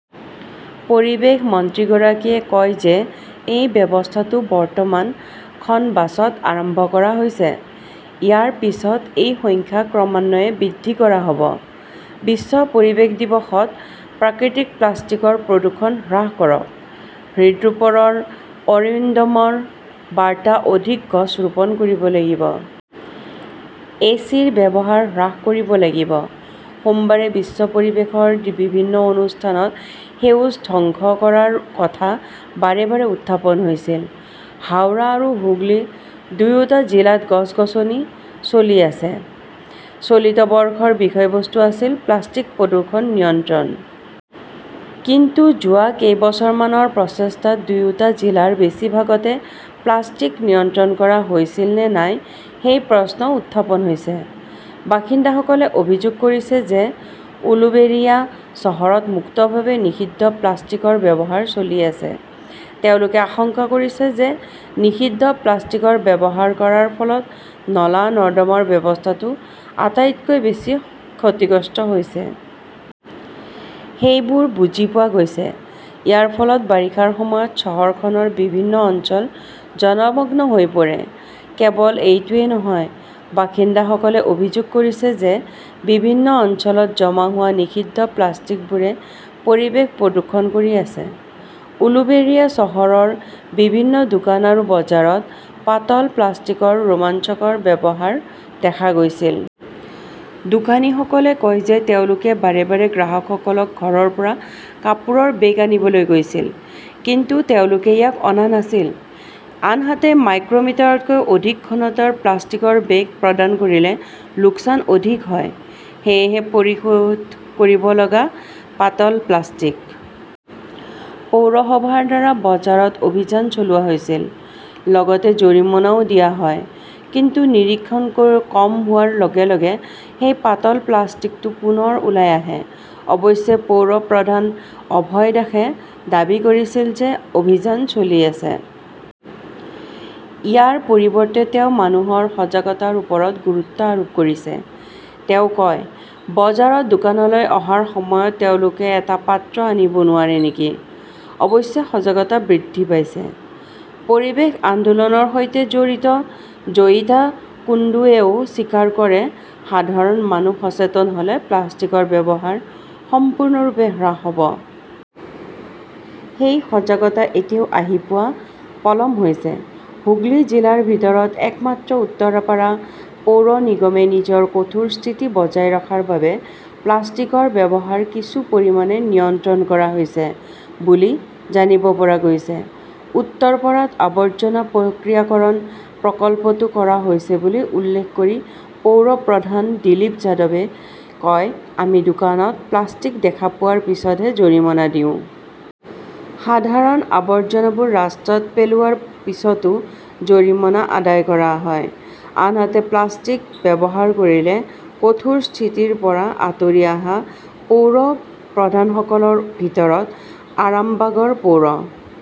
পৰিৱেশ মন্ত্ৰীগৰাকীয়ে কয় যে এই ব্যৱস্থাটো বৰ্তমান খন বাছত আৰম্ভ কৰা হৈছে। ইয়াৰ পিছত এই সংখ্যা ক্ৰমান্বয়ে বৃদ্ধি কৰা হ "ব। বিশ্ব পৰিৱেশ দিৱসত প্ৰাকৃতিক প্লাষ্টিকৰ প্ৰদূষণ হ্ৰাস কৰক, হৃদৰোপৰৰ অৰিণ্ডমৰ বাৰ্তা অধিক গছ ৰোপণ কৰিব লাগিব। এচিৰ ব্যৱহাৰ হ্ৰাস কৰিব লাগিব। সোমবাৰে বিশ্ব পৰিৱেশ দিৱসৰ বিভিন্ন অনুষ্ঠানত সেউজ ধ্বংস হ্ৰাস কৰাৰ কথা বাৰে বাৰে উত্থাপন হৈছিল। হাওৰা আৰু হুগলী দুয়োটা জিলাত গছ-গছনি চলি আছে। চলিত বৰ্ষৰ বিষয়বস্তু আছিল 'প্লাষ্টিক প্ৰদূষণ নিয়ন্ত্ৰণ "। কিন্তু যোৱা কেইবছৰমানৰ প্ৰচেষ্টাত দুয়োটা জিলাৰ বেছিভাগতে প্লাষ্টিক নিয়ন্ত্ৰণ কৰা হৈছিল নে নাই সেই প্ৰশ্ন উত্থাপন হৈছে। বাসিন্দাসকলে অভিযোগ কৰিছে যে উলুবেৰিয়া চহৰত মুক্তভাৱে নিষিদ্ধ প্লাষ্টিকৰ ব্যৱহাৰ চলি আছে। তেওঁলোকে আশংকা কৰিছে যে নিষিদ্ধ প্লাষ্টিক ব্যৱহাৰ কৰাৰ ফলত নলা-নৰ্দমা ব্যৱস্থাটো আটাইতকৈ বেছি ক্ষতিগ্ৰস্ত হৈছে। সেইবোৰ বুজি পোৱা গৈছে। ইয়াৰ ফলত বাৰিষাৰ সময়ত চহৰখনৰ বিভিন্ন অঞ্চল জলমগ্ন হৈ পৰিব পাৰে। কেৱল এইটোৱেই নহয়, বাসিন্দাসকলে অভিযোগ কৰিছে যে বিভিন্ন অঞ্চলত জমা হোৱা নিষিদ্ধ প্লাষ্টিকবোৰে পৰিৱেশ প্ৰদূষণ কৰি আছে। উলুবেৰিয়া চহৰৰ বিভিন্ন দোকান আৰু বজাৰত পাতল প্লাষ্টিকৰ ৰোমাঞ্চকৰ ব্যৱহাৰ দেখা গৈছিল। দোকানীসকলে কয় যে তেওঁলোকে বাৰে বাৰে গ্ৰাহকসকলক ঘৰৰ পৰা কাপোৰৰ বেগ আনিবলৈ কৈছিল। কিন্তু তেওঁলোকে ইয়াক অনা নাছিল। আনহাতে, মাইক্ৰ "মিটাৰতকৈ অধিক ঘনত্বৰ প্লাষ্টিকৰ বেগ প্ৰদান কৰিলে লোকচান অধিক হয়। সেয়েহে পৰিশোধ কৰিব লাগিব পাতল প্লাষ্টিক। পৌৰসভাৰ দ্বাৰা বজাৰত অভিযান চলোৱা হৈছিল। লগতে জৰিমনাও দিয়া হয়। কিন্তু নিৰীক্ষণ কম হোৱাৰ লগে লগে সেই পাতল প্লাষ্টিকটো পুনৰ ওলাই আহে। অৱশ্যে পৌৰ প্ৰধান অভয় দাসে দাবী কৰিছিল যে অভিযান চলি আছে। ইয়াৰ পৰিৱৰ্তে তেওঁ মানুহৰ সজাগতাৰ ওপৰত গুৰুত্ব আৰোপ কৰিছে। তেওঁ কয়, "বজাৰত দোকানলৈ অহাৰ সময়ত তেওঁলোকে এটা পাত্ৰ আনিব নোৱাৰে নেকি? অৱশ্যে সজাগতা বৃদ্ধি পাইছে। "পৰিৱেশ আন্দোলনৰ সৈতে জড়িত জয়িতা কুন্দুৱেও স্বীকাৰ কৰে", সাধাৰণ মানুহে সচেতন হ "লে প্লাষ্টিকৰ ব্যৱহাৰ সম্পূৰ্ণৰূপে হ্ৰাস হ" ব। সেই সজাগতা এতিয়াও আহি পোৱাত পলম হৈছে। "হুগলী জিলাৰ ভিতৰত একমাত্ৰ উত্তৰপাৰা পৌৰ নিগমে নিজৰ কঠোৰ স্থিতি বজাই ৰখাৰ বাবে প্লাষ্টিকৰ ব্যৱহাৰ কিছু পৰিমাণে নিয়ন্ত্ৰণ কৰা হৈছে বুলি জানিব পৰা গৈছে। উত্তৰপাৰাত আৱৰ্জনা প্ৰক্ৰিয়াকৰণ প্ৰকল্পটো কৰা হৈছে বুলি উল্লেখ কৰি পৌৰ প্ৰধান দিলীপ যাদৱে কয়, "আমি দোকানত প্লাষ্টিক দেখা পোৱাৰ পিছতহে জৰিমনা দিওঁ। সাধাৰণ আৱৰ্জনাবোৰ ৰাস্তাত পেলোৱাৰ পিছতো জৰিমনা আদায় কৰা হয়। "আনহাতে, প্লাষ্টিক্স ব্যৱহাৰ কৰিলে কঠোৰ স্থিতিৰ পৰা আঁতৰি অহা পৌৰ প্ৰধানসকলৰ ভিতৰত আৰামবাগৰ পৌৰ